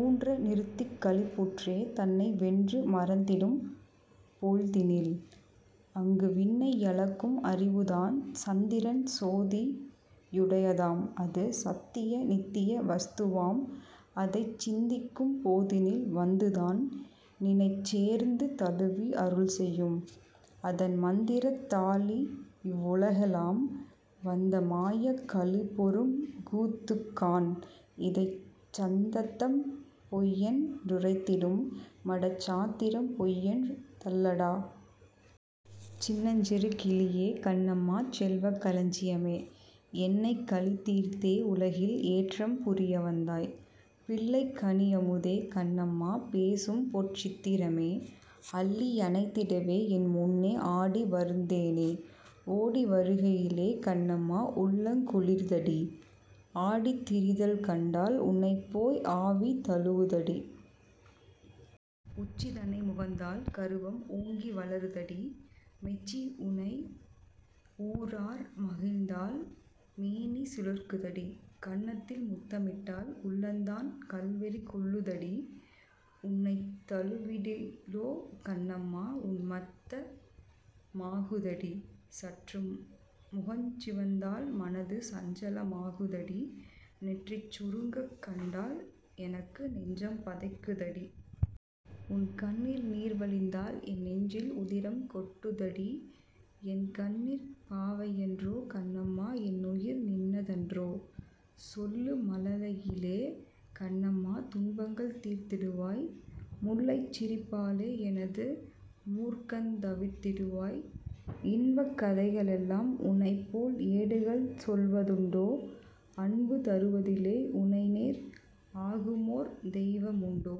ஊன்ற நிறுத்திக் களிப்புற்றே தன்னை வென்று மறந்திடும் போழ்தினில் அங்கு விண்ணை யளக்கும் அறிவுதான்! சந்திரன் சோதி யுடையதாம்; அது சத்திய நித்திய வஸ்துவாம்; அதைச் சிந்திக்கும் போதினில் வந்துதான் நினைச் சேர்ந்து தழுவி அருள்செயும் -; அதன் மந்திரத் தாலிவ் வுலகெலாம் வந்த மாயக் களிப்பொருங் கூத்துக்காண் -'இதைச் சந்ததம் பொய்யென் றுரைத்திடும் மடச் சாத்திரம் பொய் யென்று தள்ளடா! சின்னஞ் சிறு கிளியே, கண்ணம்மா! செல்வக் களஞ்சியமே! என்னைக் கலி தீர்த்தே உலகில் ஏற்றம் புரிய வந்தாய்! பிள்ளைக் கனியமுதே கண்ணம்மா பேசும்பொற் சித்திரமே! அள்ளி யணைத்திடவே என் முன்னே ஆடி வருந் தேனே!. ஓடி வருகையிலே கண்ணம்மா! உள்ளங் குளிரு தடீ! ஆடித்திரிதல் கண்டால் உன்னைப்போய் ஆவி தழுவு தடீ! உச்சி தனை முகந்தால் கருவம் ஓங்கி வளரு தடீ! மெச்சி யுனை யூரார் புகழ்ந்தால் மேனி சிலிர்க்குதடீ! கன்னத்தில் முத்தமிட்டால் உள்ளந்தான் கள்வெறி கொள்ளு தடீ! உன்னைத் தழுவிடிலோ கண்ணம்மா! உன்மத்த மாகுதடீ! சற்றுன் முகஞ் சிவந்தால் மனது சஞ்சல மாகு தடீ! நெற்றி சுருங்கக் கண்டால் எனக்கு நெஞ்சம் பதைக்கு தடீ! உன்கண்ணில் நீர்வழிந்தால் என்நெஞ்சில் உதிரம் கொட்டு தடீ! என்கண்ணிற் பாவையன்றோ? கண்ணம்மா! என்னுயிர் நின்ன தன்றோ? சொல்லு மழலையிலே கண்ணம்மா! துன்பங்கள் தீர்த்திடு வாய்; முல்லைச் சிரிப்பாலே எனது மூர்க்கந் தவிர்த்திடு வாய். இன்பக் கதைகளெல்லாம் உன்னைப்போல் ஏடுகள் சொல்வ துண்டோ? அன்பு தருவதிலே உனைநேர் ஆகுமோர் தெய்வ முண்டோ?